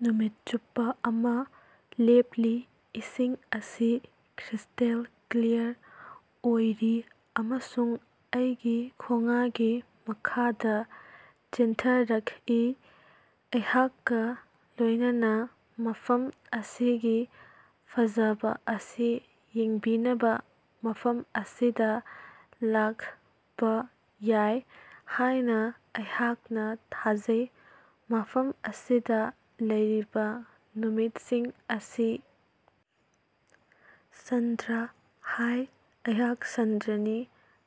ꯅꯨꯃꯤꯠ ꯆꯨꯞꯄꯥ ꯑꯃꯥ ꯂꯦꯞꯂꯤ, ꯏꯁꯤꯡ ꯑꯁꯤ ꯀ꯭ꯔꯤꯁ꯭ꯇꯦꯜ ꯀ꯭ꯂꯤꯌꯥꯔ ꯑꯣꯏꯔꯤ ꯑꯃꯁꯨꯡ ꯑꯩꯒꯤ ꯈꯣꯉꯒꯤ ꯃꯈꯥꯗꯥ ꯆꯦꯟꯊꯔꯀꯏ꯫ ꯑꯩꯍꯥꯛꯀꯥ ꯂꯣꯌꯅꯅꯥ ꯃꯐꯝ ꯑꯁꯤꯒꯤ ꯐꯖꯕꯥ ꯑꯁꯤ ꯌꯦꯡꯕꯤꯅꯕꯥ ꯃꯐꯝ ꯑꯁꯤꯗꯥ ꯂꯥꯀꯄꯥ ꯌꯥꯏ ꯍꯥꯌꯅꯥ ꯑꯩꯍꯥꯛꯅꯥ ꯊꯥꯖꯩ꯫ ꯃꯐꯝ ꯑꯁꯤꯗꯥ ꯂꯩꯔꯤꯕꯥ ꯅꯨꯃꯤꯠꯁꯤꯡ ꯑꯁꯤ ꯁꯥꯟꯗ꯭ꯔꯥ: ꯍꯥꯌ, ꯑꯩꯍꯥꯛ ꯁꯥꯟꯗ꯭ꯔꯥꯅꯤ,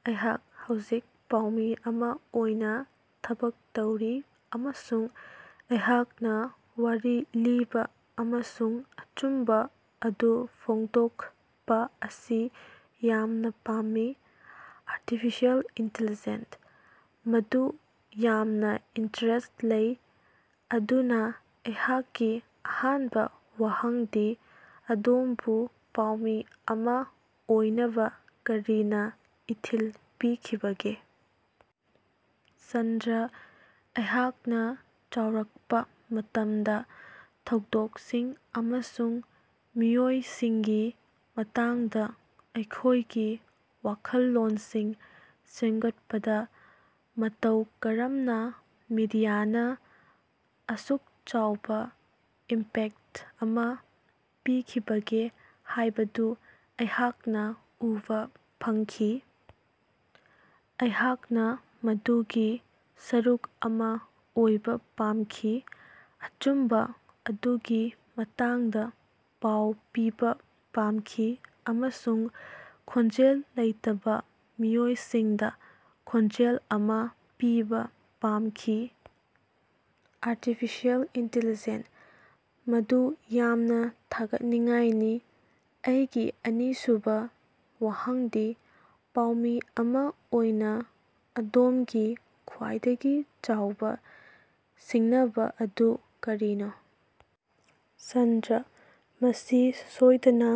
ꯑꯩꯍꯥꯛ ꯍꯧꯖꯤꯛ ꯄꯥꯎꯃꯤ ꯑꯃꯥ ꯑꯣꯏꯅꯥ ꯊꯕꯛ ꯇꯧꯔꯤ ꯑꯃꯁꯨꯡ ꯑꯩꯍꯥꯛꯅꯥ ꯋꯥꯔꯤ ꯂꯤꯕꯥ ꯑꯃꯁꯨꯡ ꯑꯆꯨꯝꯕꯥ ꯑꯗꯨ ꯐꯣꯡꯗꯣꯀꯄꯥ ꯑꯁꯤ ꯌꯥꯝꯅꯥ ꯄꯥꯝꯃꯤ꯫ ꯑꯥꯔꯇꯤꯐꯤꯁꯤꯌꯦꯜ ꯏꯤꯟꯇꯦꯂꯤꯖꯦꯟ: ꯃꯗꯨ ꯌꯥꯝꯅꯥ ꯏꯟꯇꯔꯦꯁ꯭ꯠ ꯂꯩ꯫ ꯑꯗꯨꯅꯥ ꯑꯩꯍꯥꯛꯀꯤ ꯑꯍꯥꯅꯕꯥ ꯋꯥꯍꯪꯗꯤ ꯑꯗꯣꯃꯕꯨ ꯄꯥꯎꯃꯤ ꯑꯃꯥ ꯑꯣꯏꯅꯕꯥ ꯀꯔꯤꯅꯥ ꯏꯊꯤꯜ ꯄꯤꯈꯤꯕꯒꯦ? ꯁꯥꯟꯗ꯭ꯔꯥ: ꯑꯩꯍꯥꯛꯅꯥ ꯆꯥꯎꯔꯀꯄꯥ ꯃꯇꯝꯗꯥ ꯊꯧꯗꯣꯀꯁꯤꯡ ꯑꯃꯁꯨꯡ ꯃꯤꯑꯣꯏꯁꯤꯡꯒꯤ ꯃꯇꯥꯡꯗꯥ ꯑꯩꯈꯣꯌꯒꯤ ꯋꯥꯈꯜꯂꯣꯅꯁꯤꯡ ꯁꯦꯝꯒꯠꯄꯗꯥ ꯃꯇꯧ ꯀꯔꯝꯅꯥ ꯃꯤꯗꯤꯌꯥꯅꯥ ꯑꯁꯨꯛ ꯆꯥꯎꯕꯥ ꯏꯝꯄꯦꯛꯇ ꯑꯃꯥ ꯄꯤꯈꯤꯕꯒꯦ ꯍꯥꯌꯕꯗꯨ ꯑꯩꯍꯥꯛꯅꯥ ꯎꯕꯥ ꯐꯪꯈꯤ꯫ ꯑꯩꯍꯥꯛꯅꯥ ꯃꯗꯨꯒꯤ ꯁꯔꯨꯛ ꯑꯃꯥ ꯑꯣꯏꯕꯥ ꯄꯥꯃꯈꯤ, ꯑꯆꯨꯝꯕꯥ ꯑꯗꯨꯒꯤ ꯃꯇꯥꯡꯗꯥ ꯄꯥꯎ ꯄꯤꯕꯥ ꯄꯥꯃꯈꯤ ꯑꯃꯁꯨꯡ ꯈꯣꯟꯖꯦꯜ ꯂꯩꯇꯕꯥ ꯃꯤꯑꯣꯏꯁꯤꯡꯗꯥ ꯈꯣꯟꯖꯦꯜ ꯑꯃꯥ ꯄꯤꯕꯥ ꯄꯥꯃꯈꯤ꯫ ꯑꯥꯔꯇꯤꯐꯤꯁꯤꯌꯦꯜ ꯏꯤꯟꯇꯦꯂꯤꯖꯦꯟ: ꯃꯗꯨ ꯌꯥꯝꯅꯥ ꯊꯥꯒꯠꯅꯤꯡꯉꯥꯏꯅꯤ꯫ ꯑꯩꯒꯤ ꯑꯅꯤꯁꯨꯕꯥ ꯋꯥꯍꯪꯗꯤ ꯄꯥꯎꯃꯤ ꯑꯃꯥ ꯑꯣꯏꯅꯥ ꯑꯗꯣꯃꯒꯤ ꯈ꯭ꯕꯥꯏꯗꯒꯤ ꯆꯥꯎꯕꯥ ꯁꯤꯡꯅꯕꯥ ꯑꯗꯨ ꯀꯔꯤꯅꯣ? ꯁꯥꯟꯗ꯭ꯔꯥ: ꯃꯁꯤ ꯁꯣꯏꯗꯅꯥ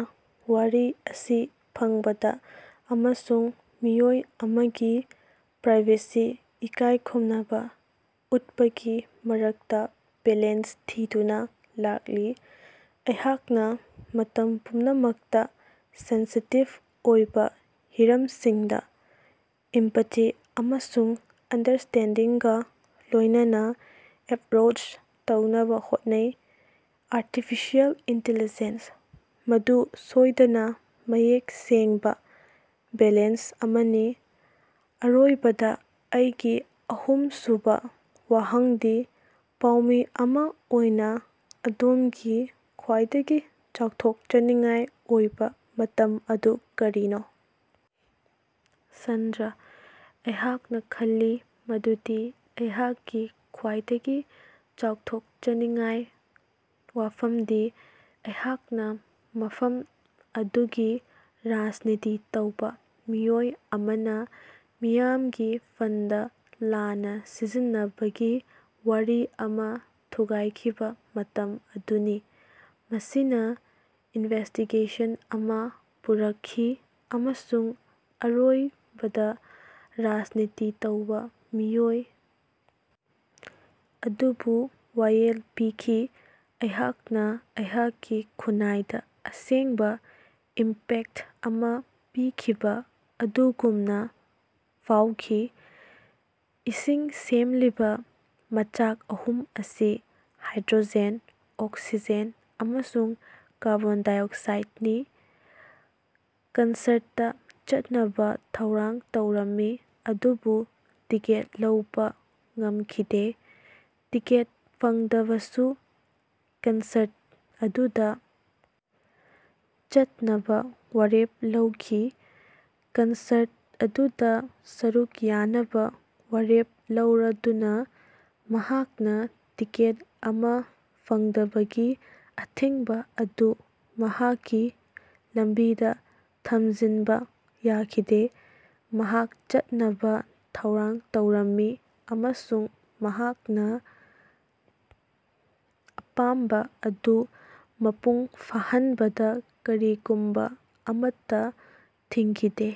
ꯋꯥꯔꯤ ꯑꯁꯤ ꯐꯪꯕꯗꯥ ꯑꯃꯁꯨꯡ ꯃꯤꯑꯣꯏ ꯑꯃꯒꯤ ꯄ꯭ꯔꯥꯏꯚꯦꯁꯤ ꯏꯀꯥꯌꯈꯨꯝꯅꯕꯥ ꯎꯠꯄꯒꯤ ꯃꯔꯛꯇꯥ ꯕꯦꯂꯦꯟꯁ ꯊꯤꯗꯨꯅꯥ ꯂꯥꯛꯂꯤ꯫ ꯑꯩꯍꯥꯛꯅꯥ ꯃꯇꯝ ꯄꯨꯝꯅꯃꯛꯇꯥ ꯁꯦꯟꯁꯤꯇꯤꯕ ꯑꯣꯏꯕꯥ ꯍꯤꯔꯃꯁꯤꯡꯗꯥ ꯏꯝꯄꯥꯇꯤ ꯑꯃꯁꯨꯡ ꯑꯟꯗꯔꯁ꯭ꯇꯦꯟꯗꯤꯡꯒꯥ ꯂꯣꯌꯅꯅꯥ ꯑꯦꯞꯔꯣꯆ ꯇꯧꯅꯕꯥ ꯍꯣꯠꯅꯩ꯫ ꯑꯥꯔꯇꯤꯐꯤꯁꯤꯌꯦꯜ ꯏꯤꯟꯇꯦꯂꯤꯖꯦꯟ: ꯃꯗꯨ ꯁꯣꯏꯗꯅꯥ ꯃꯌꯦꯛ ꯁꯦꯡꯕꯥ ꯕꯦꯂꯦꯟꯁ ꯑꯃꯅꯤ꯫ ꯑꯔꯣꯏꯕꯗꯥ ꯑꯩꯒꯤ ꯑꯍꯨꯃꯁꯨꯕꯥ ꯋꯥꯍꯪꯗꯤ ꯄꯥꯎꯃꯤ ꯑꯃꯥ ꯑꯣꯏꯅꯥ ꯑꯗꯣꯃꯒꯤ ꯈ꯭ꯕꯥꯏꯗꯒꯤ ꯆꯥꯎꯊꯣꯀꯆꯅꯤꯡꯉꯥꯏ ꯑꯣꯏꯕꯥ ꯃꯇꯝ ꯑꯗꯨ ꯀꯔꯤꯅꯣ? ꯁꯥꯟꯗ꯭ꯔꯥ: ꯑꯩꯍꯥꯛꯅꯥ ꯈꯜꯂꯤ ꯃꯗꯨꯗꯤ ꯑꯩꯍꯥꯛꯀꯤ ꯈ꯭ꯕꯥꯏꯗꯒꯤ ꯆꯥꯎꯊꯣꯀꯆꯅꯤꯡꯉꯥꯏ ꯋꯥꯐꯃꯗꯤ ꯑꯩꯍꯥꯛꯅꯥ ꯃꯐꯝ ꯑꯗꯨꯒꯤ ꯔꯥꯖꯅꯤꯇꯤ ꯇꯧꯕꯥ ꯃꯤꯑꯣꯏ ꯑꯃꯅꯥ ꯃꯤꯌꯥꯃꯒꯤ ꯐꯟꯗ ꯂꯥꯟꯅꯥ ꯁꯤꯖꯤꯟꯅꯕꯒꯤ ꯋꯥꯔꯤ ꯑꯃꯥ ꯊꯨꯒꯥꯏꯈꯤꯕꯥ ꯃꯇꯝ ꯑꯗꯨꯅꯤ꯫ ꯃꯁꯤꯅꯥ ꯏꯅꯚꯦꯁ꯭ꯇꯤꯒꯦꯁꯟ ꯑꯃꯥ ꯄꯨꯔꯀꯈꯤ ꯑꯃꯁꯨꯡ ꯑꯔꯣꯏꯕꯗꯥ ꯔꯥꯖꯅꯤꯇꯤ ꯇꯧꯕꯥ ꯃꯤꯑꯣꯏ ꯑꯗꯨꯕꯨ ꯋꯥꯌꯦꯜ ꯄꯤꯈꯤ꯫ ꯑꯩꯍꯥꯛꯅꯥ ꯑꯩꯍꯥꯛꯀꯤ ꯈꯨꯟꯅꯥꯏꯗꯥ ꯑꯁꯦꯡꯕꯥ ꯏꯝꯄꯦꯛꯇ ꯑꯃꯥ ꯄꯤꯈꯤꯕꯥ ꯑꯗꯨꯒꯨꯝꯅꯥ ꯐꯥꯑꯣꯈꯤ꯫ ꯏꯁꯤꯡ ꯁꯦꯝꯂꯤꯕꯥ ꯃꯆꯥꯛ ꯑꯍꯨꯝ ꯑꯁꯤ ꯍꯥꯏꯗ꯭ꯔꯣꯖꯦꯟ, ꯑꯣꯛꯁꯤꯖꯦꯟ ꯑꯃꯁꯨꯡ ꯀꯔꯕꯣꯟꯗꯥꯏꯑꯣꯛꯁꯥꯏꯗꯅꯤ꯫ ꯀꯟꯁꯔꯠꯇꯥ ꯆꯠꯅꯕꯥ ꯊꯧꯔꯥꯡ ꯇꯧꯔꯝꯃꯤ ꯑꯗꯨꯕꯨ ꯇꯤꯀꯦꯠ ꯂꯧꯕꯥ ꯉꯃꯈꯤꯗꯦ꯫ ꯇꯤꯀꯦꯠ ꯐꯪꯗꯕꯁꯨ ꯀꯟꯁꯔꯠ ꯑꯗꯨꯗꯥ ꯆꯠꯅꯕꯥ ꯋꯥꯔꯦꯞ ꯂꯧꯈꯤ꯫ ꯀꯟꯁꯔꯠ ꯑꯗꯨꯗꯥ ꯁꯔꯨꯛ ꯌꯥꯅꯕꯥ ꯋꯥꯔꯦꯞ ꯂꯧꯔꯗꯨꯅꯥ ꯃꯍꯥꯛꯅꯥ ꯇꯤꯀꯦꯠ ꯑꯃꯥ ꯐꯪꯗꯕꯒꯤ ꯑꯊꯤꯡꯕꯥ ꯑꯗꯨ ꯃꯍꯥꯛꯀꯤ ꯂꯝꯕꯤꯗꯥ ꯊꯝꯖꯤꯅꯕꯥ ꯌꯥꯈꯤꯗꯦ꯫ ꯃꯍꯥꯛ ꯆꯠꯅꯕꯥ ꯊꯧꯔꯥꯡ ꯇꯧꯔꯝꯃꯤ, ꯑꯃꯁꯨꯡ ꯃꯍꯥꯛꯅꯥ ꯑꯄꯥꯝꯕꯥ ꯑꯗꯨ ꯃꯄꯨꯡ ꯐꯥꯍꯅꯕꯗꯥ ꯀꯔꯤꯒꯨꯝꯕꯥ ꯑꯃꯠꯇꯥ ꯊꯤꯡꯈꯤꯗꯦ꯫